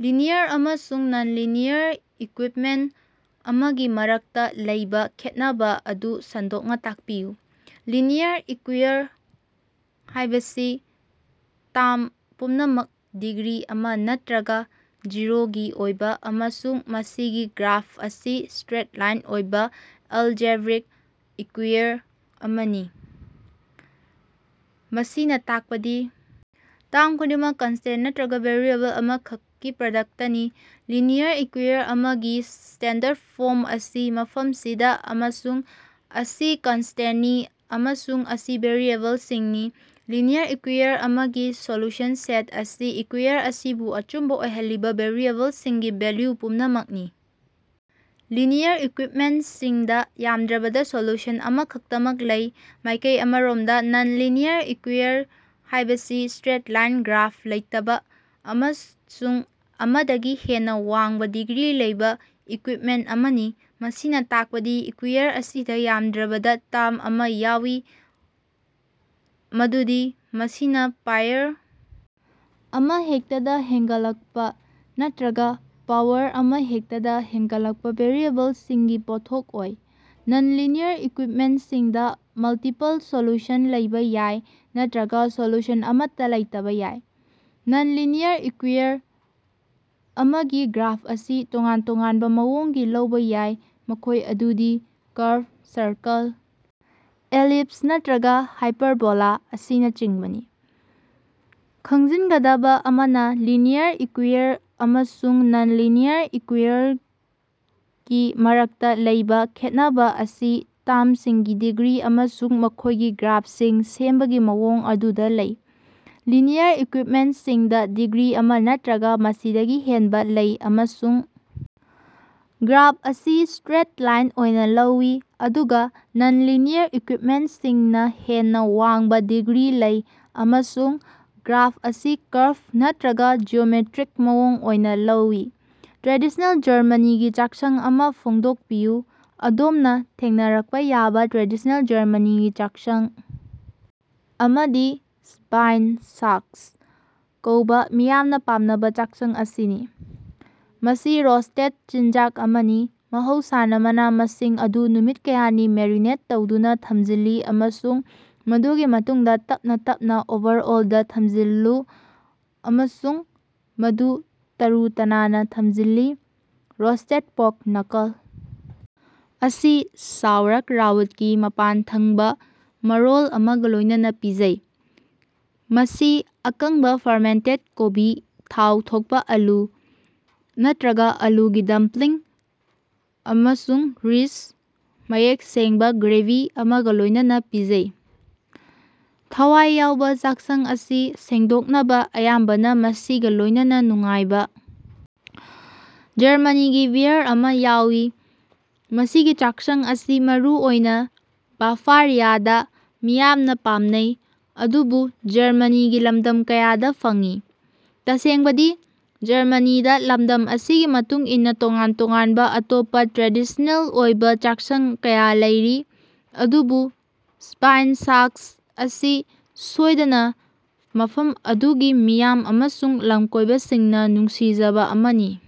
Linear ꯑꯃꯁꯨꯡ non-linear equipment ꯑꯃꯒꯤ ꯃꯔꯛꯇ ꯂꯩꯕꯥ ꯈꯦꯠꯅꯕꯥ ꯑꯗꯨ ꯁꯟꯗꯣꯛꯅ ꯇꯥꯛꯄꯤꯌꯨ꯫ ꯂꯤꯅꯤꯌꯔ ꯏꯛꯀꯌꯨꯏꯌꯔ ꯍꯥꯢꯕꯁꯤ ꯇꯥꯝ ꯄꯨꯝꯅꯃꯛ ꯗꯤꯒ꯭ꯔꯤ ꯑꯃ ꯅꯠꯇ꯭ꯔꯒ ꯖꯤꯔꯣꯒꯤ ꯑꯣꯏꯕ ꯑꯃꯁꯨꯡ ꯃꯁꯤꯒꯤ ꯒ꯭ꯔꯥꯐ ꯑꯁꯤ ꯁꯇ꯭ꯔꯦꯠ ꯂꯥꯏꯟ ꯑꯣꯏꯕ ꯑꯦꯜꯖꯦꯕ꯭ꯔꯤꯛ ꯏꯛꯀꯌꯨꯏꯌꯔ ꯑꯃꯅꯤ꯫ ꯃꯁꯤꯅ ꯇꯥꯛꯄꯗꯤ ꯇꯥꯝ ꯈꯨꯗꯤꯡꯃꯛ ꯀꯟꯁꯇꯦꯟ ꯅꯠꯇ꯭ꯔꯒꯥ ꯚꯦꯔꯤꯑꯦꯕꯜ ꯑꯃꯈꯛꯇꯒꯤ ꯄ꯭ꯔꯗꯛꯇꯅꯤ꯫ ꯂꯤꯅꯤꯌꯔ ꯏꯛꯀꯌꯨꯏꯌꯔ ꯑꯃꯒꯤ ꯁ꯭ꯇꯦꯟꯗꯔꯗ ꯐꯣꯝ ꯑꯁꯤ ꯃꯐꯝꯁꯤꯗꯥ, ꯑꯃꯁꯨꯡ ꯑꯁꯤ ꯀꯟꯁꯇꯦꯟꯅꯤ ꯑꯃꯁꯨꯡ ꯑꯁꯤ ꯚꯦꯔꯤꯑꯦꯕꯜꯁꯤꯡꯅꯤ꯫ ꯂꯤꯅꯤꯌꯔ ꯏꯛꯀꯌꯨꯏꯌꯔ ꯑꯃꯒꯤ ꯁꯣꯂꯨꯁꯟ ꯁꯦꯠ ꯑꯁꯤ ꯏꯛꯀꯌꯨꯏꯌꯔ ꯑꯁꯤꯕꯨ ꯑꯆꯨꯝꯕ ꯑꯣꯏꯍꯜꯂꯤꯕꯥ ꯚꯦꯔꯤꯑꯦꯕꯜꯁꯤꯡꯒꯤ ꯚꯦꯜꯂꯨ ꯄꯨꯝꯅꯃꯛꯅꯤ꯫ ꯂꯤꯅꯤꯌꯔ ꯏꯛꯀꯨꯏꯞꯃꯦꯟꯇꯁꯤꯡꯗ ꯌꯥꯝꯗ꯭ꯔꯕꯗꯥ ꯁꯣꯜꯂꯨꯁꯟ ꯑꯃꯈꯛꯇꯃꯛ ꯂꯩ꯫ ꯃꯥꯢꯀꯩ ꯑꯃꯔꯣꯝꯗ ꯅꯟ-ꯂꯤꯅꯤꯌꯔ ꯏꯛꯀꯌꯨꯏꯌꯔ ꯍꯥꯢꯕꯁꯤ ꯁ꯭ꯇꯔꯦꯠ-ꯂꯥꯏꯟ ꯒ꯭ꯔꯥꯐ ꯂꯩꯇꯕꯥ ꯑꯃꯁꯨꯡ ꯑꯃꯗꯒꯤ ꯍꯦꯟꯅ ꯋꯥꯡꯕ ꯗꯤꯒ꯭ꯔꯤ ꯂꯩꯕꯥ ꯏꯛꯀꯨꯏꯞꯃꯦꯟ ꯑꯃꯅꯤ꯫ ꯃꯁꯤꯅꯥ ꯇꯥꯛꯄꯗꯤ ꯏꯛꯀꯌꯨꯏꯌꯔ ꯑꯁꯤꯗ ꯌꯥꯝꯗ꯭ꯔꯕꯗꯥ ꯇꯥꯝ ꯑꯃ ꯌꯥꯎꯏ ꯃꯗꯨꯗꯤ ꯃꯁꯤꯅ ꯄꯥꯋꯔ ꯑꯃꯍꯦꯛꯇꯗ ꯍꯦꯟꯒꯠꯂꯛꯄ ꯅꯠꯇ꯭ꯔꯒ ꯄꯥꯋꯔ ꯑꯃꯍꯦꯛꯇꯗꯥ ꯍꯦꯟꯒꯠꯂꯛꯄ ꯚꯦꯔꯤꯑꯦꯕꯜꯁꯤꯡꯒꯤ ꯄꯣꯠꯊꯣꯛ ꯑꯣꯏ꯫ ꯅꯟ-ꯂꯤꯅꯤꯌꯔ ꯏꯛꯀꯨꯏꯞꯃꯦꯟꯇꯁꯤꯡꯗ ꯃꯜꯇꯤꯄꯜ ꯁꯣꯜꯂꯨꯁꯟ ꯂꯩꯕ ꯌꯥꯏ ꯅꯠꯇ꯭ꯔꯒ ꯁꯣꯜꯂꯨꯁꯟ ꯑꯃꯠꯇꯥ ꯂꯩꯇꯕ ꯌꯥꯏ꯫ ꯅꯟ-ꯂꯤꯅꯤꯌꯔ ꯏꯛꯀꯌꯨꯏꯌꯔ ꯑꯃꯒꯤ ꯒ꯭ꯔꯥꯐ ꯑꯁꯤ ꯇꯣꯉꯥꯟ-ꯇꯣꯉꯥꯟꯕ ꯃꯑꯣꯡꯒꯤ ꯂꯧꯕꯥ ꯌꯥꯏ, ꯃꯈꯣꯏ ꯑꯗꯨꯗꯤ ꯀꯔꯕ, ꯁꯔꯀꯜ, ꯑꯦꯂꯤꯞꯁ ꯅꯠꯇ꯭ꯔꯒ ꯍꯥꯏꯄꯔꯕꯣꯂꯥ ꯑꯁꯤꯅꯆꯤꯡꯕꯅꯤ꯫ ꯈꯪꯖꯤꯟꯒꯗꯕ ꯑꯃꯅ, ꯂꯤꯅꯤꯌꯔ ꯏꯛꯀꯌꯨꯏꯌꯔ ꯑꯃꯁꯨꯡ ꯅꯟ-ꯂꯤꯅꯤꯌꯔ ꯏꯛꯀꯌꯨꯏꯌꯔꯒꯤ ꯃꯔꯛꯇꯥ ꯂꯩꯕꯥ ꯈꯦꯠꯅꯕꯥ ꯑꯁꯤ ꯇꯥꯝꯁꯤꯡꯒꯤ ꯗꯤꯒ꯭ꯔꯤ ꯑꯃꯁꯨꯡ ꯃꯈꯣꯢꯒꯤ ꯒ꯭ꯔꯥꯐꯁꯤꯡ ꯁꯦꯝꯕꯒꯤ ꯃꯑꯣꯡ ꯑꯗꯨꯗꯥ ꯂꯩ꯫ ꯂꯤꯅꯤꯌꯔ ꯏꯛꯀꯨꯏꯞꯃꯦꯟꯇꯁꯤꯡꯗ ꯗꯤꯒ꯭ꯔꯤ ꯑꯃ ꯅꯠꯇ꯭ꯔꯒ ꯃꯁꯤꯗꯒꯤ ꯍꯦꯟꯕ ꯂꯩ ꯑꯃꯁꯨꯡ ꯒ꯭ꯔꯥꯐ ꯑꯁꯤ ꯁꯇ꯭ꯔꯦꯠ ꯂꯥꯏꯟ ꯑꯣꯏꯅ ꯂꯧꯏ, ꯑꯗꯨꯒ ꯅꯟ-ꯂꯤꯅꯤꯌꯔ ꯏꯛꯀꯨꯏꯞꯃꯦꯟꯇꯁꯤꯡꯅ ꯍꯦꯟꯅ ꯋꯥꯡꯕ ꯗꯤꯒ꯭ꯔꯤ ꯂꯩ ꯑꯃꯁꯨꯡ ꯒ꯭ꯔꯥꯐ ꯑꯁꯤ ꯀꯔꯕ ꯅꯠꯇ꯭ꯔꯒ ꯖꯤꯑꯣꯃꯦꯇ꯭ꯔꯤꯛ ꯃꯑꯣꯡ ꯑꯣꯏꯅ ꯂꯧꯏ꯫ ꯇ꯭ꯔꯦꯗꯤꯁꯅꯦꯜ ꯖꯔꯃꯅꯤꯒꯤ ꯆꯥꯛꯁꯪ ꯑꯃ ꯐꯣꯡꯗꯣꯛꯄꯤꯌꯨ꯫ ꯑꯗꯣꯝꯅ ꯊꯦꯡꯅꯔꯛꯄ ꯌꯥꯕ ꯇ꯭ꯔꯦꯗꯤꯁ꯭ꯅꯦꯜ ꯖꯔꯃꯅꯤꯒꯤ ꯆꯥꯛꯁꯪ ꯑꯃꯗꯤ ꯁ꯭ꯕꯥꯏꯟꯁꯥꯛꯁ ꯀꯧꯕꯥ ꯃꯤꯌꯥꯝꯅ ꯄꯥꯝꯅꯕ ꯆꯥꯛꯁꯪ ꯑꯁꯤꯅꯤ, ꯃꯁꯤ ꯔꯣꯁ꯭ꯇꯦꯗ ꯆꯤꯟꯖꯥꯛ ꯑꯃꯅꯤ꯫ ꯃꯍꯧꯁꯥꯅ, ꯃꯅꯥ-ꯃꯁꯤꯡ ꯑꯗꯨ ꯅꯨꯃꯤꯠ ꯀꯌꯥꯅꯤ ꯃꯦꯔꯤꯅꯦꯠ ꯇꯧꯗꯨꯅꯥ ꯊꯝꯖꯤꯜꯂꯤ ꯑꯃꯁꯨꯡ ꯃꯗꯨꯒꯤ ꯃꯇꯨꯡꯗ ꯇꯞꯅ ꯇꯞꯅ ꯑꯣꯚꯔꯑꯣꯜꯗꯥ ꯊꯝꯖꯤꯜꯂꯨ ꯑꯃꯁꯨꯡ ꯃꯗꯨ ꯇꯔꯨ-ꯇꯅꯥꯟꯅꯥ ꯊꯝꯖꯤꯜꯂꯤ꯫ ꯔꯣꯁ꯭ꯇꯦꯗ ꯄꯣꯔꯛ ꯅꯀꯜ ꯑꯁꯤ ꯁꯥꯎꯔꯛꯔꯥꯎꯠꯀꯤ ꯃꯄꯥꯟꯊꯪꯕꯥ ꯃꯔꯣꯜ ꯑꯃꯒ ꯂꯣꯏꯅꯅꯥ ꯄꯤꯖꯩ, ꯃꯁꯤ ꯑꯀꯪꯕꯥ ꯐꯔꯃꯦꯟꯇꯦꯠ ꯀꯣꯕꯤ, ꯊꯥꯎ ꯊꯣꯛꯄꯥ ꯑꯥꯂꯨ ꯅꯠꯇ꯭ꯔꯒ ꯑꯥꯂꯨꯒꯤ ꯗꯝꯄ꯭ꯂꯤꯡ ꯑꯃꯁꯨꯡ ꯔꯤꯁ, ꯃꯌꯦꯛ ꯁꯦꯡꯕꯥ ꯒ꯭ꯔꯦꯚꯤ ꯑꯃꯒ ꯂꯣꯢꯅꯅꯥ ꯄꯤꯖꯩ꯫ ꯊꯋꯥꯏ ꯌꯥꯎꯕꯥ ꯆꯥꯛꯁꯪ ꯑꯁꯤ ꯁꯦꯡꯗꯣꯛꯅꯕꯥ ꯑꯌꯥꯝꯕꯅ ꯃꯁꯤꯒ ꯂꯣꯢꯅꯅꯥ ꯅꯨꯡꯉꯥꯏꯕꯥ ꯖꯔꯃꯅꯤꯒꯤ ꯕꯤꯌꯔ ꯑꯃ ꯌꯥꯎꯏ꯫ ꯃꯁꯤꯒꯤ ꯆꯥꯛꯁꯪ ꯑꯁꯤ ꯃꯔꯨꯑꯣꯏꯅ ꯕꯥꯐꯥꯔꯤꯌꯥꯗꯥ ꯃꯤꯌꯥꯝꯅ ꯄꯥꯝꯅꯩ, ꯑꯗꯨꯕꯨ ꯖꯔꯃꯅꯤꯒꯤ ꯂꯝꯗꯝ ꯀꯌꯥꯗ ꯐꯪꯏ꯫ ꯇꯁꯦꯡꯕꯗꯤ ꯖꯔꯃꯅꯤꯗꯥ ꯂꯝꯗꯝ ꯑꯁꯤꯒꯤ ꯃꯇꯨꯡ ꯏꯟꯅ ꯇꯣꯉꯥꯟ ꯇꯣꯉꯥꯟꯕ ꯑꯇꯣꯞꯄ ꯇ꯭ꯔꯦꯗꯤꯁ꯭ꯅꯦꯜ ꯑꯣꯏꯕ ꯆꯥꯛꯁꯪ ꯀꯌꯥ ꯂꯩꯔꯤ, ꯑꯗꯨꯕꯨ ꯁ꯭ꯄꯥꯏꯟꯁꯥꯛꯁ ꯑꯁꯤ ꯁꯣꯏꯗꯅꯥ ꯃꯐꯝ ꯑꯗꯨꯒꯤ ꯃꯤꯌꯥꯝ ꯑꯃꯁꯨꯡ ꯂꯝꯀꯣꯏꯕꯁꯤꯡꯅꯥ ꯅꯨꯡꯁꯤꯖꯕꯥ ꯑꯃꯅꯤ꯫